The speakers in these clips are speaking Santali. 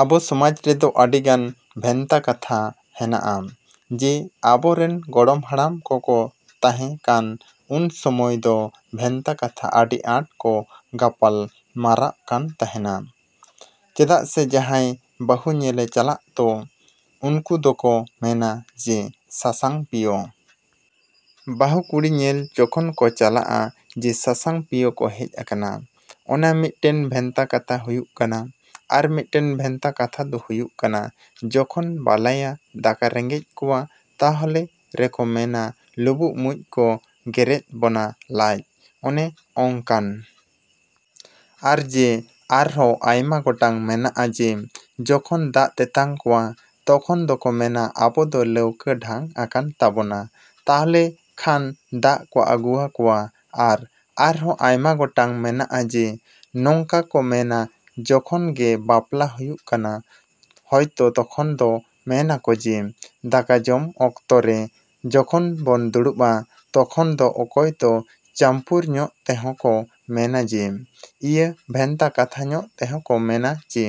ᱟᱵᱚ ᱥᱚᱢᱟᱡᱽ ᱨᱮᱫᱚ ᱟᱹᱰᱤᱜᱟᱱ ᱵᱷᱮᱱᱛᱟ ᱠᱟᱛᱷᱟ ᱦᱮᱱᱟᱜᱼᱟ᱾ ᱡᱮ, ᱟᱵᱚᱨᱮᱱ ᱜᱚᱲᱚᱢ ᱦᱟᱲᱟᱢ ᱠᱚᱠᱚ ᱛᱟᱦᱮᱸᱠᱟᱱ ᱩᱱ ᱥᱚᱢᱚᱭ ᱫᱚ ᱵᱷᱮᱱᱛᱟ ᱠᱟᱛᱷᱟ ᱟᱹᱰᱤ ᱟᱸᱴ ᱠᱚ ᱜᱟᱯᱟᱞ ᱢᱟᱨᱟᱜ ᱠᱟᱱ ᱛᱟᱦᱮᱸᱱᱟ᱾ ᱪᱮᱫᱟᱜ ᱥᱮ ᱡᱟᱦᱟᱸᱭ ᱵᱟᱹᱦᱩ ᱧᱮᱞᱮ ᱪᱟᱞᱟᱜ ᱛᱚ, ᱩᱱᱠᱩ ᱫᱚᱠᱚ ᱢᱮᱱᱟ ᱡᱮ, ᱥᱟᱥᱟᱝ ᱯᱤᱭᱳ᱾ ᱵᱟᱹᱦᱩ ᱠᱩᱲᱤ ᱧᱮᱞ ᱡᱚᱠᱷᱚᱱ ᱠᱚ ᱪᱟᱞᱟᱜ-ᱟ ᱡᱮ ᱥᱟᱥᱟᱝ ᱯᱤᱭᱳ ᱠᱚ ᱦᱮᱡ ᱟᱠᱟᱱᱟ᱾ ᱚᱱᱟ ᱢᱤᱫᱴᱮᱱ ᱵᱷᱮᱱᱛᱟ ᱠᱟᱛᱷᱟ ᱦᱩᱭᱩᱜ ᱠᱟᱱᱟ᱾ ᱟᱨ ᱢᱤᱫᱴᱮᱱ ᱵᱷᱮᱱᱛᱟ ᱠᱟᱛᱷᱟ ᱫᱚ ᱦᱩᱭᱩᱜ ᱠᱟᱱᱟ ᱡᱚᱠᱷᱚᱱ ᱵᱟᱞᱟᱭᱟ ᱫᱟᱠᱟ ᱨᱮᱸᱜᱮᱡ ᱠᱚᱣᱟ ᱛᱟᱞᱦᱮ ᱨᱮᱠᱚ ᱢᱮᱱᱟ ᱞᱩᱵᱩᱜ ᱢᱩᱡᱽ ᱠᱚ ᱜᱮᱨᱮᱫ ᱵᱚᱱᱟ ᱞᱟᱡ, ᱚᱱᱮ ᱚᱝᱠᱟᱱ᱾ ᱟᱨ ᱡᱮ, ᱟᱨᱦᱚᱸ ᱟᱭᱢᱟ ᱜᱚᱴᱟᱝ ᱢᱮᱱᱟᱜ-ᱟ ᱡᱮ, ᱡᱚᱠᱷᱚᱱ ᱫᱟᱜ ᱛᱮᱛᱟᱝ ᱠᱚᱣᱟ, ᱛᱚᱠᱷᱚᱱ ᱫᱚᱠᱚ ᱢᱮᱱᱟ ᱟᱵᱚ ᱫᱚ ᱞᱟᱹᱣᱠᱟᱹ ᱰᱷᱟᱝ ᱟᱠᱟᱱ ᱛᱟᱵᱚᱱᱟ᱾ ᱛᱟᱞᱦᱮ ᱠᱷᱟᱱ ᱫᱟᱜ ᱠᱚ ᱟᱹᱜᱩᱣᱟᱠᱚᱣᱟ᱾ ᱟᱨ, ᱟᱨᱦᱚᱸ ᱟᱭᱢᱟ ᱜᱚᱴᱟᱝ ᱢᱮᱱᱟᱜ-ᱟ ᱡᱮ, ᱱᱚᱝᱠᱟ ᱠᱚ ᱢᱮᱱᱟ ᱡᱚᱠᱷᱚᱱ ᱜᱮ ᱵᱟᱯᱞᱟ ᱦᱩᱭᱩᱜ ᱠᱟᱱᱟ ᱦᱚᱭᱛᱚ ᱛᱚᱠᱷᱚᱱ ᱫᱚ ᱢᱮᱱᱟᱠᱚ ᱡᱮ, ᱫᱟᱠᱟ ᱡᱚᱢ ᱚᱠᱛᱚ ᱨᱮ ᱡᱚᱠᱷᱚᱱ ᱵᱚᱱ ᱫᱩᱲᱩᱵᱚᱜ-ᱟ ᱛᱚᱠᱷᱚᱱ ᱫᱚ ᱚᱠᱚᱭ ᱫᱚ ᱪᱟᱹᱢᱯᱩᱨ ᱧᱚᱜ ᱛᱮᱦᱚᱸ ᱠᱚ ᱢᱮᱱᱟ ᱡᱮ, ᱤᱭᱟᱹ ᱵᱷᱮᱱᱛᱟ ᱠᱟᱛᱷᱟ ᱧᱚᱜ ᱛᱮᱦᱚᱸ ᱠᱚ ᱢᱮᱱᱟ ᱡᱮ,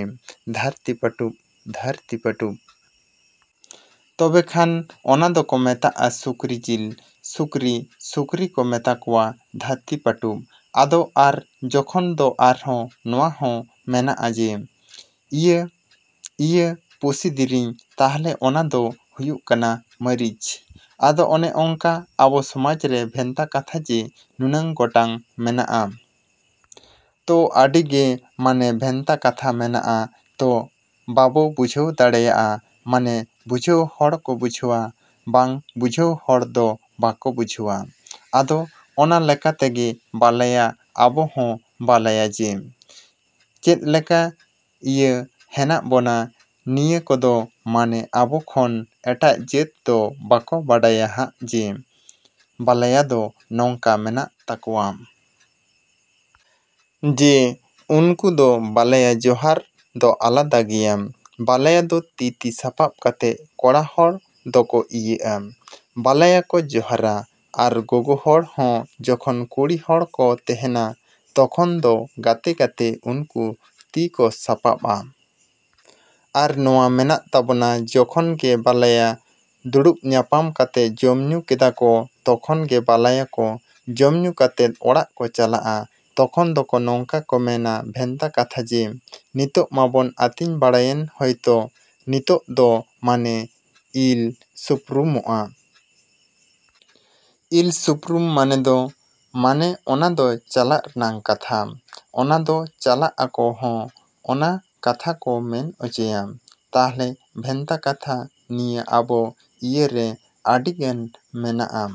ᱫᱷᱟᱹᱨᱛᱤ ᱯᱟᱹᱴᱩᱵ, ᱫᱷᱟᱹᱨᱛᱤ ᱯᱟᱹᱴᱩᱵ᱾ ᱛᱚᱵᱮ ᱠᱷᱟᱱ ᱚᱱᱟ ᱫᱚᱠᱚ ᱢᱮᱛᱟᱜ-ᱟ ᱥᱩᱠᱨᱤ ᱡᱤᱞ, ᱥᱩᱠᱨᱤ, ᱥᱩᱠᱨᱤ ᱠᱚ ᱢᱮᱛᱟᱣᱟᱠᱚᱣᱟ ᱫᱷᱟᱹᱨᱛᱤ ᱯᱟᱹᱴᱩᱵ ᱟᱫᱚ ᱟᱨ ᱡᱚᱠᱷᱚᱱ ᱫᱚ ᱟᱨᱦᱚᱸ ᱱᱚᱣᱟ ᱦᱚᱸ ᱢᱮᱱᱟᱜ-ᱟ ᱡᱮ, ᱤᱭᱟᱹ ᱤᱭᱟᱹ ᱯᱩᱥᱤ ᱫᱤᱨᱤᱧ, ᱛᱟᱦᱚᱞᱮ ᱚᱱᱟ ᱫᱚ ᱦᱩᱭᱩᱜ ᱠᱟᱱᱟ ᱢᱟᱹᱨᱤᱪ᱾ ᱟᱫᱚ ᱚᱱᱮ ᱚᱝᱠᱟ ᱟᱵᱚ ᱥᱚᱢᱟᱡᱽ ᱨᱮ ᱵᱷᱮᱱᱛᱟ ᱠᱟᱛᱷᱟ ᱡᱮ, ᱱᱩᱱᱟᱹᱝ ᱜᱚᱴᱟᱝ ᱢᱮᱱᱟᱜ-ᱟ᱾ ᱛᱚ, ᱟᱹᱰᱤ ᱜᱮ ᱢᱟᱱᱮ ᱵᱷᱮᱱᱛᱟ ᱠᱟᱛᱷᱟ ᱢᱮᱱᱟᱜ-ᱟ, ᱛᱚ ᱵᱟᱵᱚ ᱵᱩᱡᱷᱟᱹᱣ ᱫᱟᱲᱮᱭᱟᱜ-ᱟ ᱢᱟᱱᱮ ᱵᱩᱡᱷᱟᱹᱣ ᱦᱚᱲ ᱠᱚ ᱵᱩᱡᱷᱟᱹᱣᱟ, ᱵᱟᱝ ᱵᱩᱡᱷᱟᱹᱣ ᱦᱚᱲ ᱫᱚ ᱵᱟᱠᱚ ᱵᱩᱡᱷᱟᱹᱣᱟ᱾ ᱟᱫᱚ ᱚᱱᱟ ᱞᱮᱠᱟ ᱛᱮᱜᱮ ᱵᱟᱞᱟᱭᱟ ᱟᱵᱚ ᱦᱚᱸ ᱵᱟᱞᱟᱭᱟ ᱡᱮ, ᱪᱮᱫᱞᱮᱠᱟ ᱤᱭᱟᱹ ᱦᱮᱱᱟᱜ ᱵᱚᱱᱟ ᱱᱤᱭᱟᱹ ᱠᱚᱫᱚ ᱢᱟᱱᱮ ᱟᱵᱚ ᱠᱷᱚᱱ ᱮᱴᱟᱜ ᱡᱟᱹᱛ ᱫᱚ ᱵᱟᱠᱚ ᱵᱟᱰᱟᱭᱟ ᱦᱟᱸᱜ ᱡᱮ, ᱵᱟᱞᱟᱭ ᱫᱚ ᱱᱚᱝᱠᱟ ᱢᱮᱱᱟᱜ ᱛᱟᱠᱚᱣᱟ᱾ ᱡᱮ, ᱩᱱᱠᱩ ᱫᱚ ᱵᱟᱞᱟᱭᱟ ᱡᱚᱦᱟᱨ ᱫᱚ ᱟᱞᱟᱫᱟ ᱜᱮᱭᱟ᱾ ᱵᱟᱞᱟᱭᱟ ᱫᱚ ᱛᱤ ᱛᱤ ᱥᱟᱯᱟᱵ ᱠᱟᱛᱮᱫ ᱠᱚᱲᱟ ᱦᱚᱲ ᱫᱚᱠᱚ ᱤᱭᱟᱹᱜ-ᱟ, ᱵᱟᱞᱟᱭᱟ ᱠᱚ ᱡᱚᱦᱟᱨᱟ᱾ ᱟᱨ ᱜᱚᱜᱚ ᱦᱚᱲ ᱦᱚᱸ ᱡᱚᱠᱷᱚᱱ ᱠᱩᱲᱤ ᱦᱚᱲ ᱠᱚ ᱛᱮᱦᱮᱱᱟ, ᱛᱚᱠᱷᱚᱱ ᱫᱚ ᱜᱟᱛᱮ ᱜᱟᱛᱮ ᱩᱱᱠᱩ ᱛᱤᱠᱚ ᱥᱟᱯᱟᱵᱟ᱾ ᱟᱨ ᱱᱚᱣᱟ ᱢᱮᱱᱟᱜ ᱛᱟᱵᱚᱱᱟ ᱡᱚᱠᱷᱚᱱ ᱜᱮ ᱵᱟᱞᱟᱭᱟ ᱫᱩᱲᱩᱵ ᱧᱟᱯᱟᱢ ᱠᱟᱛᱮᱫ ᱡᱚᱢ ᱧᱩ ᱠᱮᱫᱟ ᱠᱚ ᱛᱚᱠᱷᱚᱱ ᱜᱮ ᱵᱟᱞᱟᱭᱟ ᱠᱚ, ᱡᱚᱢ ᱧᱩ ᱠᱟᱛᱮᱫ ᱚᱲᱟᱜ ᱠᱚ ᱪᱟᱞᱟᱜ-ᱟ ᱛᱚᱠᱷᱚᱱ ᱫᱚᱠᱚ ᱱᱚᱝᱠᱟ ᱠᱚ ᱢᱮᱱᱟ ᱵᱷᱮᱱᱛᱟ ᱠᱟᱛᱷᱟ ᱡᱮ, ᱱᱤᱛᱚᱜ ᱢᱟᱵᱚᱱ ᱟᱹᱛᱤᱧ ᱵᱟᱲᱟᱭᱮᱱ ᱦᱚᱭᱛᱚ, ᱱᱤᱛᱚᱜ ᱫᱚ ᱢᱟᱱᱮ ᱤᱞ ᱥᱩᱯᱨᱩᱢᱚᱜ-ᱟ᱾ ᱤᱞ ᱥᱩᱯᱨᱩᱢ ᱢᱟᱱᱮ ᱫᱚ, ᱢᱟᱱᱮ ᱚᱱᱟ ᱫᱚ ᱪᱟᱞᱟᱜ ᱨᱮᱱᱟᱜ ᱠᱟᱛᱷᱟ᱾ ᱚᱱᱟ ᱫᱚ ᱪᱟᱞᱟᱜ ᱟᱠᱚ ᱦᱚᱸ ᱚᱱᱟ ᱠᱟᱛᱷᱟ ᱠᱚ ᱢᱮᱱ ᱚᱪᱚᱭᱟ᱾ ᱛᱟᱦᱚᱞᱮ ᱵᱷᱮᱱᱛᱟ ᱠᱟᱛᱷᱟ ᱱᱤᱭᱟᱹ ᱟᱵᱚ ᱤᱭᱟᱹ ᱨᱮ ᱟᱹᱰᱤᱜᱟᱱ ᱢᱮᱱᱟᱜ-ᱟ।